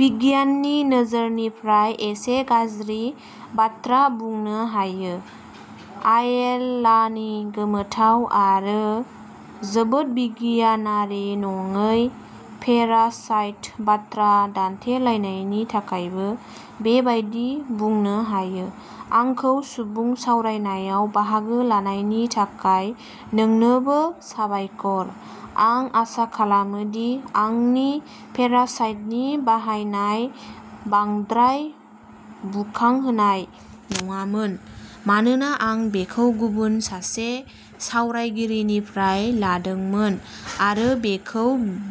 बिगियाननि नोजोरनिफ्राय एसे गाज्रि बाथ्रा बुंनो हायो। आयेलानि गोमोथाव आरो जोबोद बिगियानारि नङि पेरासाइट बाथ्रा दान्थेलायनायनि थाखायबो बेबादि बुंनो हायो। आंखौ सुबुं सावरायनायाव बाहागो लानायनि थाखाय नोंनोबो साबायखर। आं आसा खालामो दि आंनि पेरासाइट नि बाहायनाया बांद्राय बुखांहोनाय नङामोन, मानोना आं बेखौ गुबुन सासे सावरायगिरिनिफ्राय लादोंमोन आरो बेखौ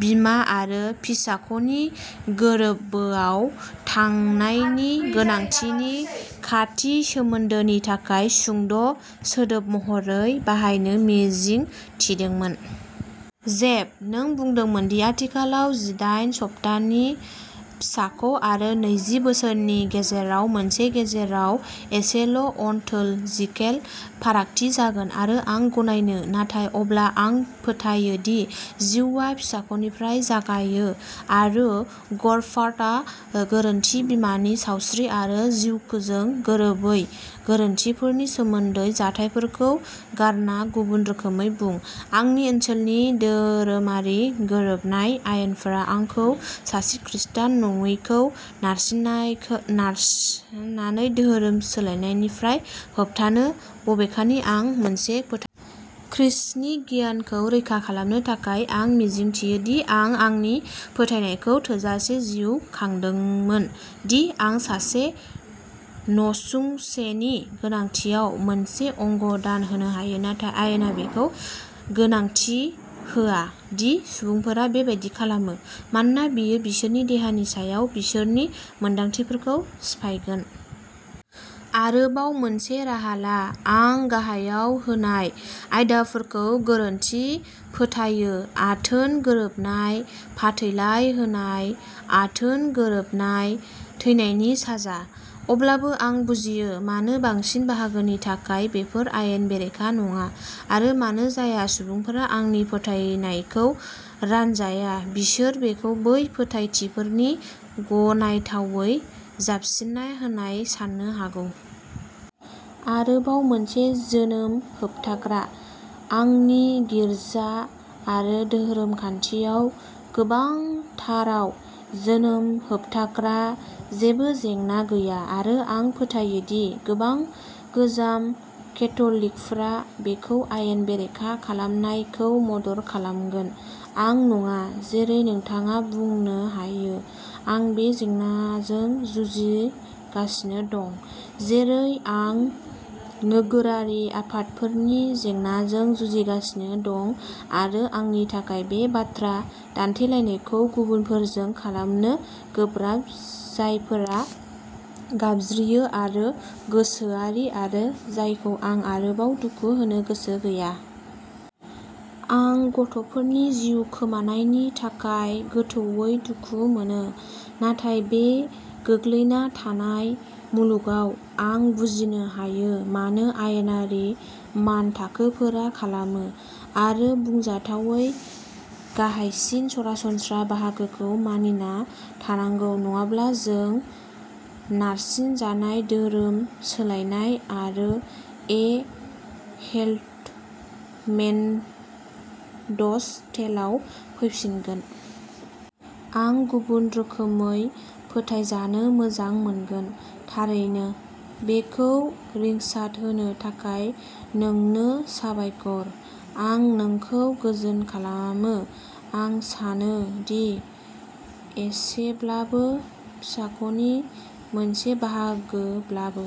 बिमा आरो फिसाख'नि गोरबोआव थानायनि गोनांथिनि खाथि सोमोन्दोनि थाखाय सुंद' सोदोब महरै बाहायनो मिजिं थिदोंमोन। जेफ, नों बुंदोंमोन दि आथिखालाव जिदायेन सप्तानि फिसाख' आरो नैजि बोसोरनि गेजेराव मोनसेनि गेजेराव एसेल' अनटोल'जिकेल फारागथि जागोन, आरो आं गनायगोन नाथाय अब्ला, आं फोथायो दि जिउआ फिसाख'निफ्राय जागायो, आरो गर्भपातआ गोरोन्थि बिमानि सावस्रि आरो जिउजों गोरोबै गोरोन्थिफोरनि सोमोन्दै जाथायफोरखौ गारना गुबुन रोखोमै बुं आंनि ओनसोलनि धोरोमारि गोरोबनाय आयेनफोरा आंखौ सासे खृस्टान नङिखौ नारसिनाखाय नारसिननानै धोरोम सोलायनायनिफ्राय होबथायो, बबेखानि आं मोनसे फोथायो। खृष्टनि गियानखौ रैखा खालामनो थाखाय। आं मिजिंथियो दि आं आंनि फोथायनायखौ थोजासे जिउ खांदोंमोन दि आं सासे नसुंसेनि गोनांथियाव मोनसे अंग दान होनो हायो, नाथाय आयेना बेखौ गोनांथि होआ दि सुबुंफोरा बेबादि खालामो, मानोना बेयो बिसोरनि देहानि सायाव बिसोरनि मोन्थाइफोरखौ सिफायगोन। आरोबाव मोनसे राहा ला आं गाहायाव होनाय आयदाफोरखौ गोरोन्थि फोथायो आथोन गोरोबनाय, फाथैलाइ होनाय, आथोन गोरोबनाय, थैनायनि साजा। अब्लाबो आं बुजियो मानो, बांसिन बाहागोनि थाखाय, बेफोर आयेन बेरेखा नङा, आरो मानो जाय सुबुंफोरा आंनि फोथायनायखौ रानजाया बिसोर बेखौ बै फोथायथिफोरनि गनायथावै जाबसिननाय होनना सान्नो हागौ। आरोबाव मोनसे जोनोम होबथाग्रा। आंनि गिर्जा आरो धोरोमखान्थियाव, गोबांथाराव, जोनोम होबथाग्रा जेबो जेंना गैया, आरो, आं फोथायो दि गोबां गोजाम केथ'लिकफोरा बेखौ आयेन बेरेखा खालामनायखौ मदद खालामगोन, आं नङा। जेरै नोंथाङा बुंनो हायो, आं बे जेंनाजों जुजिगासिनो दं, जेरै आं नोगोरारि आफादफोरनि जेंनाजों जुजिगासिनो दं, आरो आंनि थाखाय बे बाथ्रा दान्थेलायनायखौ गुबुनफोरजों खालामनो गोब्राब जायफोरा गाबज्रियो आरो गोसोआरि, आरो जायखौ आं आरोबाव दुखु होनो गोसो गैया। आं गथ'फोरनि जिउ खोमानायनि थाखाय गोथौवै दुखु मोनो। नाथाय बे गोग्लैना थानाय मुलुगाव, आं बुजिनो हायो मानो आयेनारि मानथाखोफोरा खालामो, आरो बुंजाथावै, गाहायसिन सरासनस्रा बाहागोखौ मानिना थानांगौ नङाब्ला जों नारसिनजानाय धोरोम सोलायनाय आरो ए हेन्डमेइड्स टेलआव फैफिनो। आं गुबुन रोखोमै फोथायजानो मोजां मोनगोन, थारैनो। बेखौ रिंसारहोनो थाखाय नोंनो साबायखर। आं नोंखौ गोजोन खालामो। आं सानो दि एसेब्लाबो फिसाख'नि मोनसे बाहागोब्लाबो।